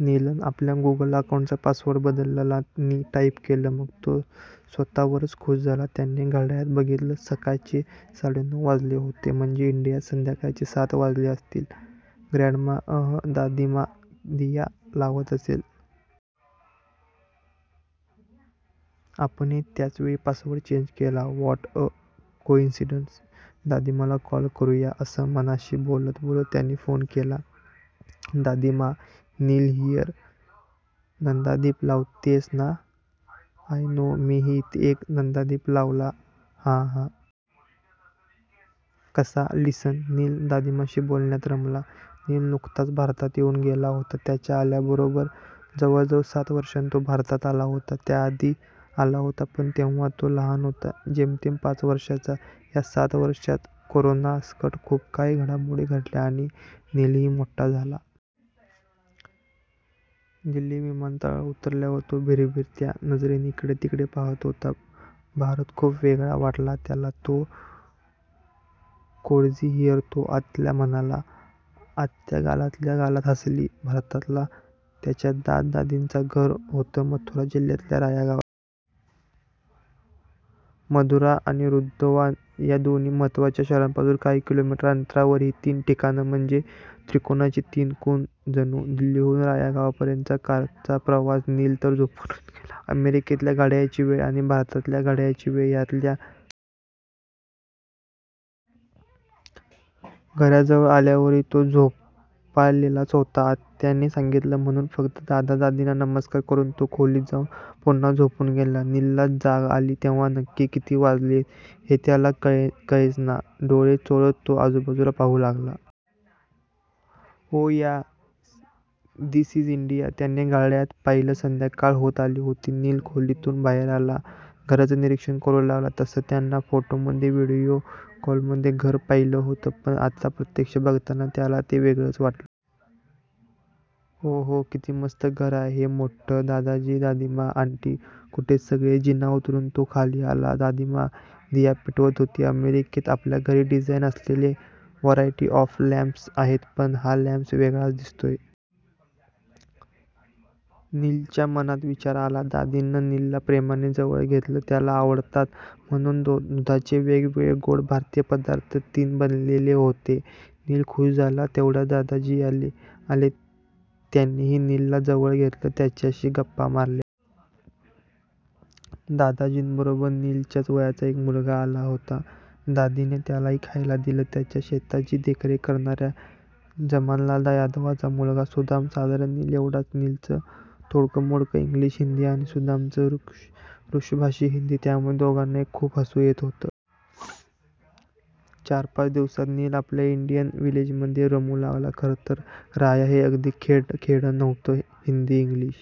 नीलनं आपल्या गूगल अकाउन्टचा पासवर्ड बदलला नि टाइप केलं. मग तो स्वतःवरच खूश झाला. त्याने घड्याळात बघितलं, सकाळचे साडेनऊ वाजले होते. 'म्हणजे इंडियात संध्याकाळचे सात वाजले असतील. ग्रँडमा... अहं... दादीमा दिया लावत असेल. आपणही त्याचवेळी पासवर्ड चेंज केला. What a coincidence! दादीमाला कॉल करू या.' असं मनाशी बोलत बोलत त्यानं फोन केला. "दादीमाऽऽ... नील हियर. नंदादीप लावतेयस ना? I know. मीही इथे एक नंदादीप लावला. हा हा... कसा? लिसन..." नील दादीमाशी बोलण्यात रमला. नील नुकताच भारतात येऊन गेला होता. त्याच्या आत्याबरोबर. जवळजवळ सात वर्षांनी तो भारतात आला होता. त्याआधी आला होता, पण तेव्हा तो लहान होता. जेमतेम पाच वर्षांचा. ह्या सात वर्षांत करोनासकट खूप काही घडामोडी घडल्या आणि नीलही मोठा झाला. दिल्ली विमानतळावर उतरल्यावर तो भिरभिरत्या नजरेनं इकडेतिकडे पाहात होता. भारत खूप वेगळा वाटला त्याला. "So cozy here." तो आत्याला म्हणाला. आत्या गालातल्या गालात हसली. भारतातलं त्याच्या दादा-दादीचं घर होतं मथुरा जिल्ह्यातल्या राया गावामध्ये. मथुरा आणि वृंदावन ह्या दोन्ही महत्त्वाच्या शहरांपासून काही किलोमीटर अंतरावर. ही तीन ठिकाणं म्हणजे त्रिकोणाचे तीन कोन जणू. दिल्लीहून राया गावापर्यंतचा कारचा प्रवास. नील तर झोपूनच गेला. अमेरिकेतल्या घड्याळाची वेळ आणि भारतातल्या घड्याळाची वेळ, ह्यांच्यातल्या फरकामुळे होणारा जेटलॅग. घराजवळ आल्यावरही तो झोपाळलेलाच होता. आत्याने सांगितलं, म्हणून फक्त दादा-दादींना नमस्कार करून तो खोलीत जाऊन पुन्हा झोपून गेला. नीलला जाग आली तेव्हा नक्की किती वाजलेत, हे त्याला कळेचना. डोळे चोळत तो आजूबाजूला पाहू लागला. 'Oh yeah... this is India.' त्यानं घड्याळात पाहिलं. संध्याकाळ होत आली होती. नील खोलीतून बाहेर आला. घराचं निरीक्षण करू लागला. तसं त्यानं फोटोमध्ये, व्हिडिओ कॉलमध्ये घर पाहिलं होतं. पण आता प्रत्यक्ष बघताना त्याला ते वेगळंच वाटलं. 'ओहो... किती मस्त घर आहे हे. मोठ्ठं. दादाजी, दादीमा, आन्टी? कुठेत सगळे?' जिना उतरून तो खाली आला. दादीमा दिया पेटवत होती. 'अमेरिकेत आपल्या घरी डिझाइन असलेले व्हरायटी ऑफ लॅम्प्स आहेत, पण हा लॅम्प वेगळाच दिसतोय.' नीलच्या मनात विचार आला. दादीनं नीलला प्रेमानं जवळ घेतलं. त्याला आवडतात म्हणून दुधाचे वेगवेगळे गोड भारतीय पदार्थ तिनं बनवले होते. नील खूश झाला. तेवढ्यात दादाजीही आले. त्यांनीही नीलला जवळ घेतलं. त्याच्याशी गप्पा मारल्या. दादाजींबरोबर नीलच्याच वयाचा एक मुलगा आला होता. दादीनं त्यालाही खायला दिलं. त्यांच्या शेताची देखरेख करणाऱ्या जमनालाल यादवांचा मुलगा सुदाम. साधारण नीलएवढाच. नीलचं तोडकंमोडकं इंग्लिश-हिन्दी आणि सुदामचं बृजभाषी हिन्दी, त्यामुळे दोघांनाही खूप हसू येत होतं. चार-पाच दिवसांत नील आपल्या इंडियन व्हिलेजमध्ये रमू लागला. खरंतर राया हे अगदी खेडं नव्हतं. हिन्दी-इंग्लिश...